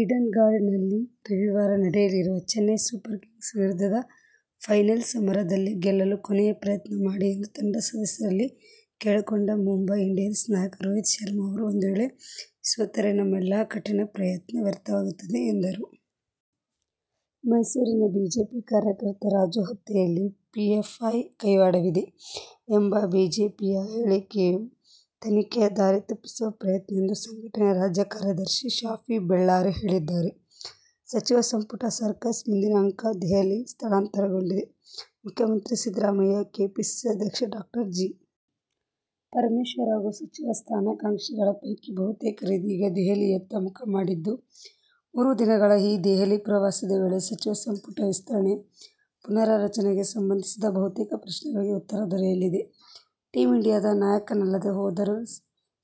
Eden ಗಾರ್ಡನ್ಸ್ನಲ್ಲಿ ರವಿವಾರ ನಡೆಯಲಿರುವ ಚೆನ್ನೈ ಸೂಪರ್ ಕಿಂಗ್ಸ್ ವಿರುದ್ಧದ ಫೈನಲ್ ಸಮರದಲ್ಲಿ ಗೆಲ್ಲಲು ಕೊನೆಯ ಪ್ರಯತ್ನ ಮಾಡಿ ಎಂದು ತಂಡ ಸದಸ್ಯರಲ್ಲಿ ಕೇಳಿಕೊಂಡ ಮುಂಬೈ ಇಂಡಿಯನ್ಸ್ ನಾಯಕ ರೋಹಿತ್ ಶರ್ಮ ಅವರು ಒಂದು ವೇಳೆ ಸೋತರೆ ನಮ್ಮ ಎಲ್ಲ ಕಠಿನ ಪ್ರಯತ್ನ ವ್ಯರ್ಥವಾಗುತ್ತದೆ ಎಂದರು. ಮೈಸೂರಿನ ಬಿಜೆಪಿ ಕಾರ್ಯಕರ್ತ ರಾಜು ಹತ್ಯೆಯಲ್ಲಿ ಪಿಎಫ್ಐ ಕೈವಾಡವಿದೆ ಎಂಬ ಬಿಜೆಪಿಯ ಹೇಳಿಕೆಯು ತನಿಖೆಯ ದಾರಿ ತಪ್ಪಿಸುವ ಪ್ರಯತ್ನ ಎಂದು ಸಂಘಟನೆಯ ರಾಜ್ಯ ಕಾರ್ಯದರ್ಶಿ ಶಾಫಿ ಬೆಳ್ಳಾರೆ ಹೇಳಿದ್ದಾರೆ. ಸಚಿವ ಸಂಪುಟ ಸರ್ಕಸ್ ಮುಂದಿನ ಅಂಕ ದೆಹಲಿ ಸ್ಥಳಾಂತರಗೊಂಡಿದೆ. ಮುಖ್ಯಮಂತ್ರಿ ಸಿದ್ದರಾಮಯ್ಯ, ಕೆಪಿಸಿಸಿ ಅಧ್ಯಕ್ಷ ಡಾ ಜಿ. ಪರಮೇಶ್ವರ್ ಹಾಗೂ ಸಚಿವ ಸ್ಥಾನಾಕಾಂಕ್ಷಿಗಳ ಪೈಕಿ ಬಹುತೇಕರು ಇದೀಗ ದೆಹಲಿಯತ್ತ ಮುಖ ಮಾಡಿದ್ದು, ಮೂರು ದಿನಗಳ ಈ ದೆಹಲಿ ಪ್ರವಾಸದ ವೇಳೆ ಸಚಿವ ಸಂಪುಟ ವಿಸ್ತರಣೆ, ಪುನಾರಚನೆಗೆ ಸಂಬಂಧಿಸಿದ ಬಹುತೇಕ ಪ್ರಶ್ನೆಗಳಿಗೆ ಉತ್ತರ ದೊರೆಯಲಿದೆ. ಟೀಮ್ ಇಂಡಿಯಾದ ನಾಯಕನಲ್ಲದೇ ಹೋದರೂ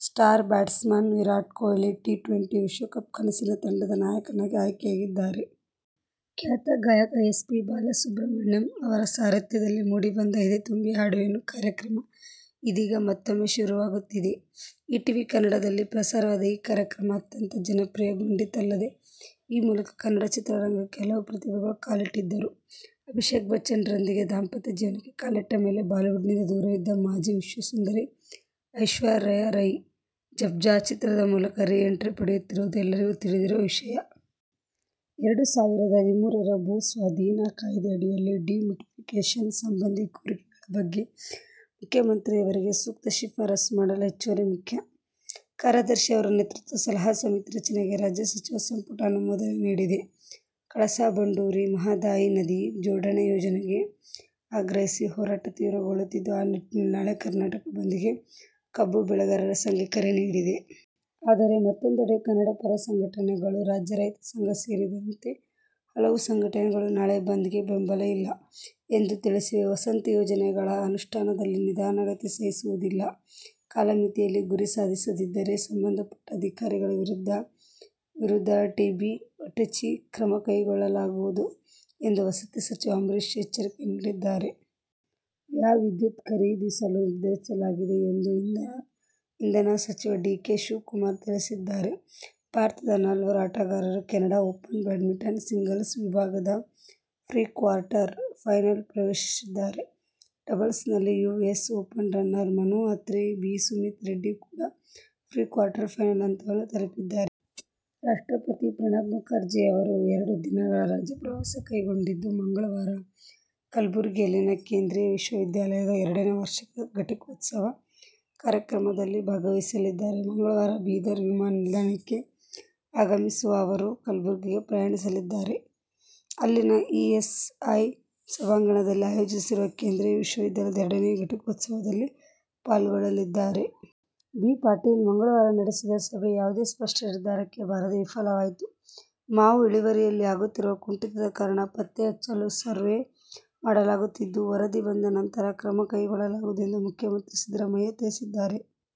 star batsman Virat Kohli T twenty ವಿಶ್ವಕಪ್ ಕನಸಿನ ತಂಡ'ದ ನಾಯಕನಾಗಿ ಆಯ್ಕೆಯಾಗಿದ್ದಾರೆ. ಖ್ಯಾತ ಗಾಯಕ ಎಸ್. ಪಿ. ಬಾಲಸುಬ್ರಹ್ಮಣ್ಯಂ ಅವರ ಸಾರಥ್ಯದಲ್ಲಿ ಮೂಡಿಬಂದ ಎದೆ ತುಂಬಿ ಹಾಡುವೆನು ಕಾರ್ಯಕ್ರಮ ಇದೀಗ ಮತ್ತೂಮ್ಮೆ ಶುರುವಾಗುತ್ತಿದೆ. ಈ ಟಿವಿ ಕನ್ನಡದಲ್ಲಿ ಪ್ರಸಾರವಾದ ಈ ಕಾರ್ಯಕ್ರಮ, ಅತ್ಯಂತ ಜನಪ್ರಿಯಗೊಂಡಿತ್ತಲ್ಲದೆ, ಈ ಮೂಲಕ ಕನ್ನಡ ಚಿತ್ರರಂಗಕ್ಕೆ ಹಲವು ಪ್ರತಿಭೆಗಳು ಕಾಲಿಟ್ಟಿದ್ದರು. ಅಭಿಷೇಕ್ ಬಚ್ಚನ್ ರೊಂದಿಗೆ ದಾಂಪತ್ಯ ಜೀವನಕ್ಕೆ ಕಾಲಿಟ್ಟ ಮೇಲೆ ಬಾಲಿವುಡ್'ನಿಂದ ದೂರವಿದ್ದ ಮಾಜಿ ವಿಶ್ವ ಸುಂದರಿ ಐಶ್ವರ್ಯ ರೈ ಜಝ್ಬಾ ಚಿತ್ರದ ಮೂಲಕ ರೀ ಎಂಟ್ರಿ ಪಡೆಯುತ್ತಿರುವುದು ಎಲ್ಲರಿಗೂ ತಿಳಿದಿರುವ ವಿಷಯ. ಎರಡು ಸಾವಿರದ ಹದಿಮೂರರ ಭೂ ಸ್ವಾಧೀನ ಕಾಯ್ದೆ ಅಡಿಯಲ್ಲಿ ಡಿ-ನೋಟಿಫಿಕೇಷನ್ ಸಂಬಂಧಿ ಕೋರಿಕೆಗಳ ಬಗ್ಗೆ ಮುಖ್ಯಮಂತ್ರಿಯವರಿಗೆ ಸೂಕ್ತ ಶಿಫಾರಸು ಮಾಡಲು ಹೆಚ್ಚುವರಿ ಮುಖ್ಯ ಕಾರ್ಯದರ್ಶಿ ಅವರ ನೇತೃತ್ವದ ಸಲಹಾ ಸಮಿತಿ ರಚನೆಗೆ ರಾಜ್ಯ ಸಚಿವ ಸಂಪುಟ ಅನುಮೋದನೆ ನೀಡಿದೆ. ಕಳಸಾ ಬಂಡೂರಿ, ಮಹಾದಾಯಿ ನದಿ ಜೋಡಣೆ ಯೋಜನೆಗೆ ಆಗ್ರಹಿಸಿ ಹೋರಾಟ ತೀವ್ರಗೊಳ್ಳುತ್ತಿದ್ದು, ಆ ನಿಟ್ಟಿನಲ್ಲಿ ನಾಳೆ ಕರ್ನಾಟಕ ಬಂದ್ ಗೆ ಕಬ್ಬು ಬೆಳೆಗಾರರ ಸಂಘ ಕರೆ ನೀಡಿದೆ. ಆದರೆ ಮತ್ತೊಂದೆಡೆ ಕನ್ನಡ ಪರ ಸಂಘಟನೆಗಳು, ರಾಜ್ಯ ರೈತ ಸಂಘ ಸೇರಿದಂತೆ ಹಲವು ಸಂಘಟನೆಗಳು ನಾಳೆಯ ಬಂದ್ ಗೆ ಬೆಂಬಲ ಇಲ್ಲ ಎಂದು ತಿಳಿಸಿವೆ. ವಸತಿ ಯೋಜನೆಗಳ ಅನುಷ್ಠಾನದಲ್ಲಿ ನಿಧಾನಗತಿ ಸಹಿಸುವುದಿಲ್ಲ. ಕಾಲಮಿತಿಯಲ್ಲಿ ಗುರಿ ಸಾಧಿಸದಿದ್ದರೆ ಸಂಬಂಧಪಟ್ಟ ಅಧಿಕಾರಿಗಳ ವಿರುದಟಛಿ ಕ್ರಮಕೈಗೊಳ್ಳಲಾಗುವುದು ಎಂದು ವಸತಿ ಸಚಿವ ಅಂಬರೀಶ್ ಎಚ್ಚರಿಕೆ ನೀಡಿದ್ದಾರೆ. ವ್ಯಾ ವಿದ್ಯುತ್ ಖರೀದಿಸಲು ನಿರ್ಧರಿಸಲಾಗಿದೆ ಎಂದು ಇಂಧನ ಸಚಿವ ಡಿ. ಕೆ. ಶಿವಕುಮಾರ್ ತಿಳಿಸಿದ್ದಾರೆ. ಭಾರತದ ನಾಲ್ವರು ಆಟಗಾರರು ಕೆನಡಾ ಓಪನ್ ಬ್ಯಾಡ್ಮಿಂಟನ್ ಸಿಂಗಲ್ಸ್ ವಿಭಾಗದ ಪ್ರೀ-ಕ್ವಾರ್ಟರ್ ಫೈನಲ್ ಪ್ರವೇಶಿಸಿದ್ದಾರೆ. ಡಬಲ್ಸ್ನಲ್ಲಿ US open runner Manu Attri B. Sumeeth Reddy ಕೂಡ ಪ್ರೀ-ಕ್ವಾರ್ಟರ್ ಫೈನಲ್ ಹಂತವನ್ನು ತಲಪಿದ್ದಾರೆ. ರಾಷ್ಟ್ರಪತಿ ಪ್ರಣಬ್ ಮುಖರ್ಜಿ ಅವರು ಎರಡು ದಿನಗಳ ರಾಜ್ಯ ಪ್ರವಾಸಕೈಗೊಂಡಿದ್ದು, ಮಂಗಳವಾರ ಕಲಬುರ್ಗಿಯಲ್ಲಿನ ಕೇಂದ್ರೀಯ ವಿಶ್ವವಿದ್ಯಾಲಯದ ಎರಡನೇ ವಾರ್ಷಿಕ ಘಟಿಕೋತ್ಸವ ಕಾರ್ಯಕ್ರಮದಲ್ಲಿ ಭಾಗವಹಿಸಲಿದ್ದಾರೆ. ಮಂಗಳವಾರ ಬೀದರ್ ವಿಮಾನ ನಿಲ್ದಾಣಕ್ಕೆ ಆಗಮಿಸುವ ಅವರು, ಕಲಬುರ್ಗಿಗೆ ಪ್ರಯಾಣಿಸಲಿದ್ದಾರೆ. ಅಲ್ಲಿನ ಇಎಸ್ಐ ಸಭಾಂಗಣದಲ್ಲಿ ಆಯೋಜಿಸಿರುವ ಕೇಂದ್ರಿಯ ವಿಶ್ವವಿದ್ಯಾಲಯದ ಎರಡನೇ ಘಟಿಕೋತ್ಸವದಲ್ಲಿ ಪಾಲ್ಗೊಳ್ಳಲಿದ್ದಾರೆ. ಬಿ. ಪಾಟೀಲ್ ಮಂಗಳವಾರ ನಡೆಸಿದ ಸಭೆ ಯಾವುದೇ ಸ್ಪಷ್ಟ ನಿರ್ಧಾರಕ್ಕೆ ಬಾರದೆ ವಿಫಲವಾಯಿತು. ಮಾವು ಇಳುವರಿಯಲ್ಲಿ ಆಗುತ್ತಿರುವ ಕುಂಠಿತದ ಕಾರಣ ಪತ್ತೆಹಚ್ಚಲು ಸರ್ವೆ ಮಾಡಲಾಗುತ್ತಿದ್ದು, ವರದಿ ಬಂದ ನಂತರ ಕ್ರಮ ಕೈಗೊಳ್ಳಲಾಗುವುದು ಎಂದು ಮುಖ್ಯಮಂತ್ರಿ ಸಿದ್ದರಾಮಯ್ಯ ತಿಳಿಸಿದ್ದಾರೆ.